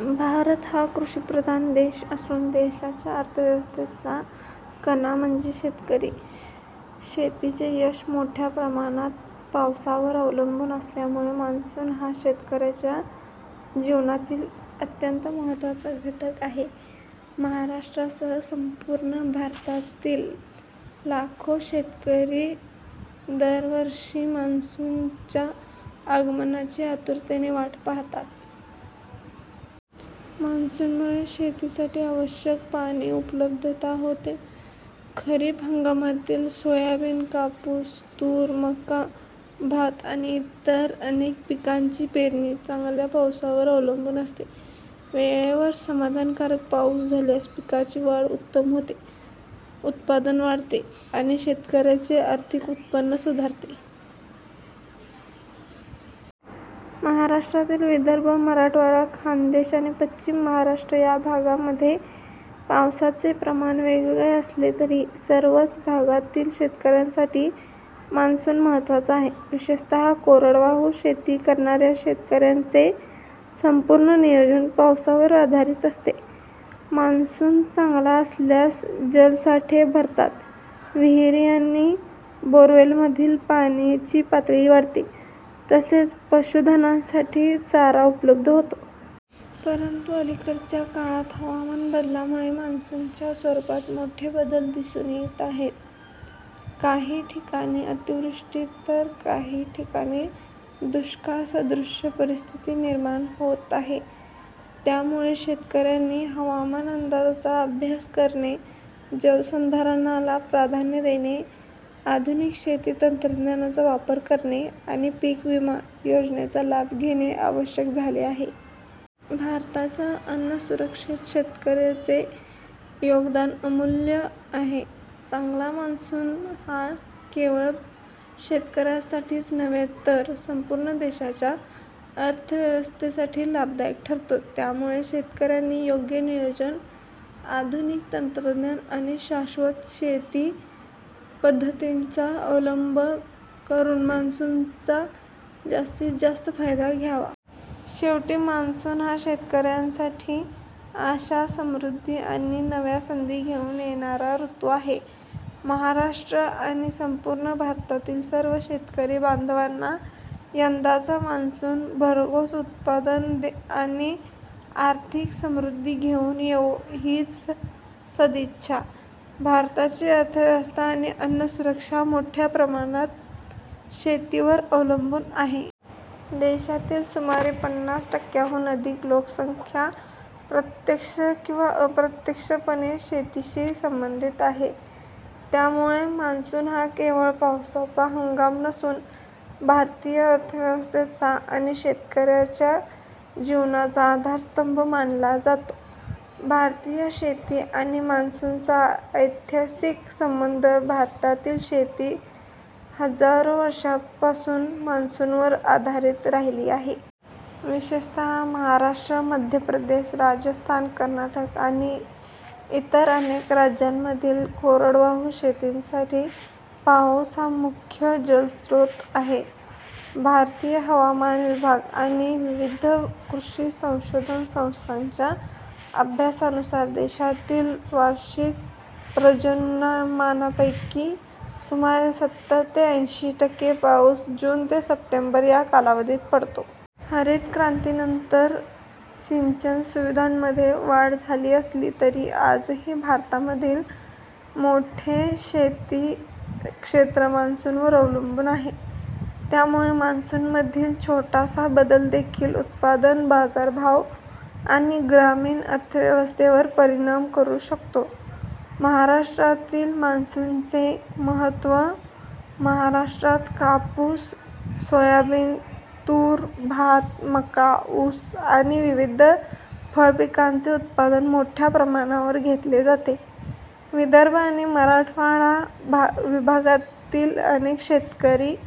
भारत हा कृषिप्रधान देश असून देशाच्या अर्थव्यवस्थेचा कणा म्हणजे शेतकरी. शेतीचे यश मोठ्या प्रमाणात पावसावर अवलंबून असल्यामुळे मान्सून हा शेतकऱ्यांच्या जीवनातील अत्यंत महत्त्वाचा घटक आहे. महाराष्ट्रासह संपूर्ण भारतातील लाखो शेतकरी दरवर्षी मान्सूनच्या आगमनाची आतुरतेने वाट पाहतात. मान्सूनमुळे शेतीसाठी आवश्यक पाण्याची उपलब्धता होते. खरीप हंगामातील सोयाबीन, कापूस, तूर, मका, भात आणि इतर अनेक पिकांची पेरणी चांगल्या पावसावर अवलंबून असते. वेळेवर आणि समाधानकारक पाऊस झाल्यास पिकांची वाढ उत्तम होते, उत्पादन वाढते आणि शेतकऱ्यांचे आर्थिक उत्पन्न सुधारते. महाराष्ट्रातील विदर्भ, मराठवाडा, खानदेश आणि पश्चिम महाराष्ट्र या भागांमध्ये पावसाचे प्रमाण वेगवेगळे असले तरी सर्वच भागांतील शेतकऱ्यांसाठी मान्सून महत्त्वाचा आहे. विशेषत कोरडवाहू शेती करणाऱ्या शेतकऱ्यांचे संपूर्ण नियोजन पावसावर आधारित असते. मान्सून चांगला असल्यास जलसाठे भरतात, विहिरी आणि बोअरवेलमधील पाण्याची पातळी वाढते, तसेच पशुधनासाठी चारा उपलब्ध होतो. परंतु अलिकडच्या काळात हवामान बदलामुळे मान्सूनच्या स्वरूपात मोठे बदल दिसून येत आहेत. काही ठिकाणी अतिवृष्टी तर काही ठिकाणी दुष्काळसदृश परिस्थिती निर्माण होत आहे. त्यामुळे शेतकऱ्यांनी हवामान अंदाजाचा अभ्यास करणे, जलसंधारणाला प्राधान्य देणे, आधुनिक शेती तंत्रज्ञानाचा वापर करणे आणि पीक विमा योजनेचा लाभ घेणे आवश्यक झाले आहे. भारताच्या अन्नसुरक्षेत शेतकऱ्यांचे योगदान अमूल्य आहे. चांगला मान्सून हा केवळ शेतकऱ्यांसाठीच नव्हे तर संपूर्ण देशाच्या अर्थव्यवस्थेसाठी लाभदायक ठरतो. त्यामुळे शेतकऱ्यांनी योग्य नियोजन, आधुनिक तंत्रज्ञान आणि शाश्वत शेती पद्धतींचा अवलंब करून मान्सूनचा जास्तीत जास्त फायदा घ्यावा. शेवटी, मान्सून हा शेतकऱ्यांसाठी आशा, समृद्धी आणि नव्या संधी घेऊन येणारा ऋतू आहे. महाराष्ट्र आणि संपूर्ण भारतातील सर्व शेतकरी बांधवांना यंदाचा मान्सून भरघोस उत्पादन आणि आर्थिक समृद्धी घेऊन येवो, हीच सदिच्छा. भारताची अर्थव्यवस्था आणि अन्नसुरक्षा मोठ्या प्रमाणात शेतीवर अवलंबून आहे. देशातील सुमारे पनास टक्क्यांहून अधिक लोकसंख्या प्रत्यक्ष किंवा अप्रत्यक्षपणे शेतीशी संबंधित आहे. त्यामुळे मान्सून हा केवळ पावसाचा हंगाम नसून भारतीय अर्थव्यवस्थेचा आणि शेतकऱ्यांच्या जीवनाचा आधारस्तंभ मानला जातो. भारतीय शेती आणि मान्सूनचा ऐतिहासिक संबंध भारतातील शेती हजारो वर्षांपासून मान्सूनवर आधारित राहिली आहे. विशेषत महाराष्ट्र, मध्य प्रदेश, राजस्थान, कर्नाटक आणि इतर अनेक राज्यांमधील कोरडवाहू शेतीसाठी पाऊस हा मुख्य जलस्रोत आहे. भारतीय हवामान विभाग आणि विविध कृषी संशोधन संस्थांच्या अभ्यासानुसार, देशातील वार्षिक पर्जन्यमानापैकी सुमारे सत्तर ते अंशी टक्के पाऊस जून ते सप्टेंबर या कालावधीत पडतो. हरित क्रांतीनंतर सिंचन सुविधांमध्ये वाढ झाली असली तरी आजही भारतातील मोठे शेती क्षेत्र मान्सूनवर अवलंबून आहे. त्यामुळे मान्सूनमधील छोटासा बदलदेखील उत्पादन, बाजारभाव आणि ग्रामीण अर्थव्यवस्थेवर परिणाम करू शकतो. महाराष्ट्रातील मान्सूनचे महत्त्व महाराष्ट्रात कापूस, सोयाबीन, तूर, भात, मका, ऊस आणि विविध फळपिकांचे उत्पादन मोठ्या प्रमाणावर घेतले जाते. विदर्भ आणि मराठवाडा विभागातील अनेक शेतकरी--